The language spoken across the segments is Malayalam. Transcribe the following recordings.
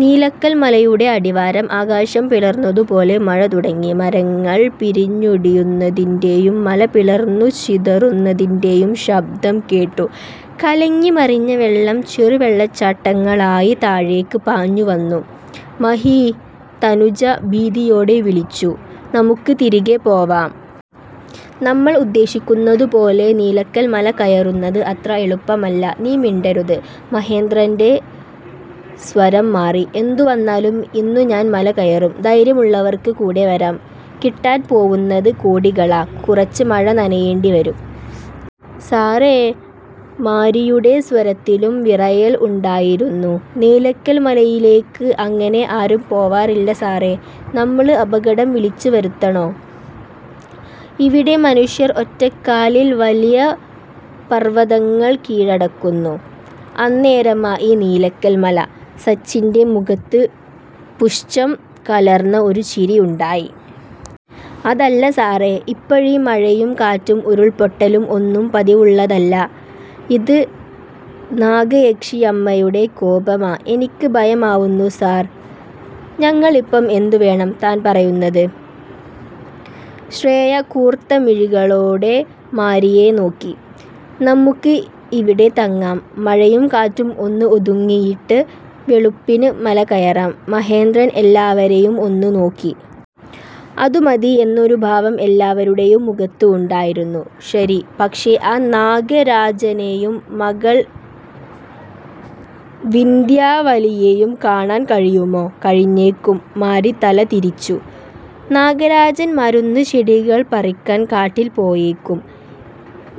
നീലക്കൽ മലയുടെ അടിവാരം ആകാശം പിളർന്നതു പോലെ മഴ തുടങ്ങി. മരങ്ങൾ പിരിഞ്ഞൊടിയുന്നതിന്റെയും മല പിളർന്നു ചിതറുന്നതിന്റെയും ശബദം കേട്ടു. കലങ്ങി മറിഞ്ഞ വെള്ളം ചെറു വെള്ളച്ചാട്ടങ്ങളായി താഴേക്ക് പാഞ്ഞു വന്നു. " മഹീ " തനുജ ഭീതിയോടെ വിളിച്ചു. " നമ്മുക്ക് തിരികെ പോവാം. നമ്മൾ ഉദ്ദേശിക്കുന്നതു പോലെ നീലക്കൽ മല കയറുന്നത് അത്ര എളുപ്പമല്ല "" നീ മിണ്ടരുത് " മഹേന്ദ്രന്റെ സ്വരം മാറി. " എന്തു വന്നാലും ഇന്നു ഞാൻ മല കയറും. ധൈര്യമുള്ളവർക്ക് കൂടെ വരാം. കിട്ടാൻ പോവുന്നത് കോടികളാ. കുറച്ച് മഴ നനയേണ്ടി വരും. "" സാറേ " മാരിയുടെ സ്വരത്തിലും വിറയൽ ഉണ്ടായിരുന്നു. '' നീലക്കൽ മലയിലേക്ക് അങ്ങനെ ആരും പോവാറില്ല സാറേ നമ്മള് അപകടം വിളിച്ച് വരുത്തണോ? "" ഇവിടെ മനുഷ്യർ ഒറ്റക്കാലിൽ വല്യ പർവ്വതങ്ങൾ കീഴടക്കുന്നു. അന്നേരമാ ഒരു നീലക്കൽ മല. " സച്ചിന്റെ മുഖത്ത് പുശ്ചം കലർന്ന ഒരു ചിരി ഉണ്ടായി. " അതല്ല സാറേ ഇപ്പഴീ മഴയും കാറ്റും ഉരുൾപൊട്ടലും ഒന്നും പതിവുള്ളതല്ല. ഇത് നാഗയക്ഷിയമ്മയുടെ കോപമാ. എനക്ക് ഭയമാവുന്നു സാർ "" ഞങ്ങളിപ്പം എന്തു വേണം താൻ പറയുന്നത്? " ശ്രേയ കൂർത്ത മിഴികളോടെ മാരിയെ നോക്കി. " നമ്മുക്ക് ഇവിടെ തങ്ങാം. മഴയും കാറ്റും ഒന്ന് ഒതുങ്ങിയിട്ട് വെളുപ്പിന് മല കയറാം " മഹേന്ദ്രൻ എല്ലാവരെയും ഒന്നു നോക്കി. അതു മതി എന്നൊരു ഭാവം എല്ലാവരുടെയും മുഖത്ത് ഉണ്ടായിരുന്നു. " ശരി. പക്ഷേ, ആ നാഗരാജനെയും മകൾ വിന്ധ്യാ വലിയെയും കാണാൻ കഴിയുമോ? "" കഴിഞ്ഞേക്കും " മാരി തല തിരിച്ചു " നാഗരാജൻ മരുന്ന് ചെടികൾ പറിക്കാൻ കാട്ടിൽ പോയേക്കും.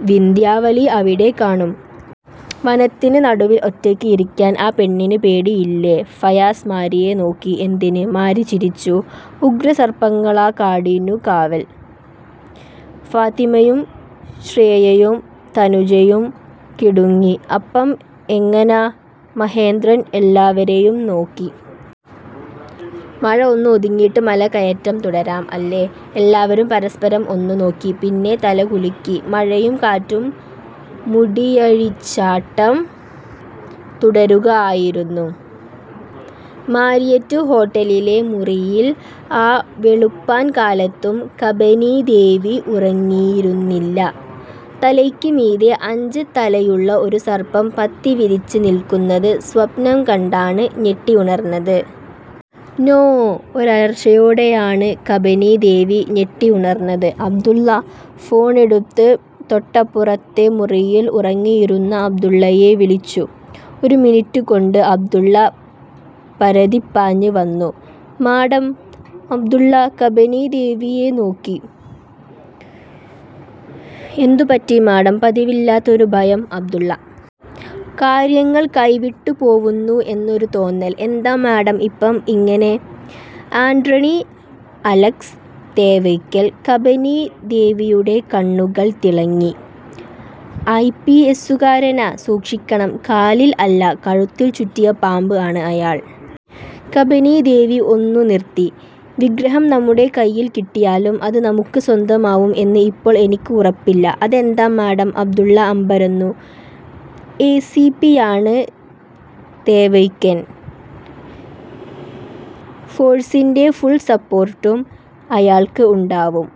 വിന്ധ്യാവലി അവിടെ കാണും. "" വനത്തിന് നടുവിൽ ഒറ്റയ്ക്ക് ഇരിക്കാൻ ആ പെണ്ണിന് പേടിയില്ലേ? " ഫയാസ് മാരിയെ നോക്കി. " എന്തിന്? " മാരി ചിരിച്ചു. " ഉഗ്രസർപ്പങ്ങളാ കുടിലിനു കാവൽ " ഫാത്തിമയും ശ്രേയയും തനുജയും കിടുങ്ങി. " അപ്പം എങ്ങനാ " മഹേന്ദ്രൻ എല്ലാവരെയും നോക്കി. " മഴ ഒന്ന് ഒതുങ്ങീട്ട് മല കയറ്റം തുടരാം. അല്ലേ? " എല്ലാവരും പരസ്പരം ഒന്നു നോക്കി. പിന്നെ, തല കുലുക്കി. മഴയും കാറ്റും മുടിയഴിച്ചാട്ടം തുടരുക ആയിരുന്നു. മാരിയറ്റ് ഹോട്ടലിലെ മുറിയിൽ ആ വെളുപ്പാൻ കാലത്തും കബനീ ദേവി ഉറങ്ങിയിരുന്നില്ല. തലയ്ക്ക് മീതെ, അഞ്ച് തലയുള്ള ഒരു സർപ്പം പത്തി വിരിച്ച് നിൽക്കുന്നത് സ്വപ്നം കണ്ടാണ് ഞെട്ടി ഉണർന്നത്. " നോ. " ഒരു അലർച്ചയോടെയാണ് കബനീ ദേവി ഞെട്ടി ഉണർന്നത്. " അബ്ദുള്ള " ഫോണെടുത്ത് തൊട്ടപ്പുറത്തെ മുറിയിൽ ഉറങ്ങിയിരുന്ന അബ്ദുള്ളയെ വിളിച്ചു. ഒരു മിനിറ്റ് കൊണ്ട് അബ്ദുള്ള പരതിപ്പാഞ്ഞ് വന്നു. " മാഡം " അബ്ദുള്ള കബനീ ദേവിയെ നോക്കി. " എന്തു പറ്റി മാഡം ''" പതിവില്ലാത്തൊരു ഭയം അബ്ദുള്ള. കാര്യങ്ങൾ കൈവിട്ട് പോവുന്നു എന്നൊരു തോന്നൽ "" എന്താ മാഡം ഇപ്പം ഇങ്ങനെ ''" ആൻറണി അലക്സ് തേവയ്ക്കൻ " കബനീ ദേവിയുടെ കണ്ണുകൾ തിളങ്ങി. " ഐ. പി. എസ്സുകാരനാ. സൂക്ഷിക്കണം. കാലിൽ അല്ല കഴുത്തിൽ ചുറ്റിയ പാമ്പ് ആണ് അയാൾ. " കബനീ ദേവി ഒന്നു നിർത്തി. " വിഗ്രഹം നമ്മുടെ കൈയിൽ കിട്ടിയാലും അത് നമ്മുക്ക് സ്വന്തമാവും എന്ന് ഇപ്പോൾ എനിക്ക് ഉറപ്പില്ല. "" അതെന്താ മാഡം? " അബ്ദുള്ള അമ്പരന്നു. '' എ. സി. പിയാണ് തേവയ്ക്കൻ. ഫോഴ്സിന്റെ ഫുൾ സപ്പോർട്ടും അയാൾക്ക് ഉണ്ടാവും.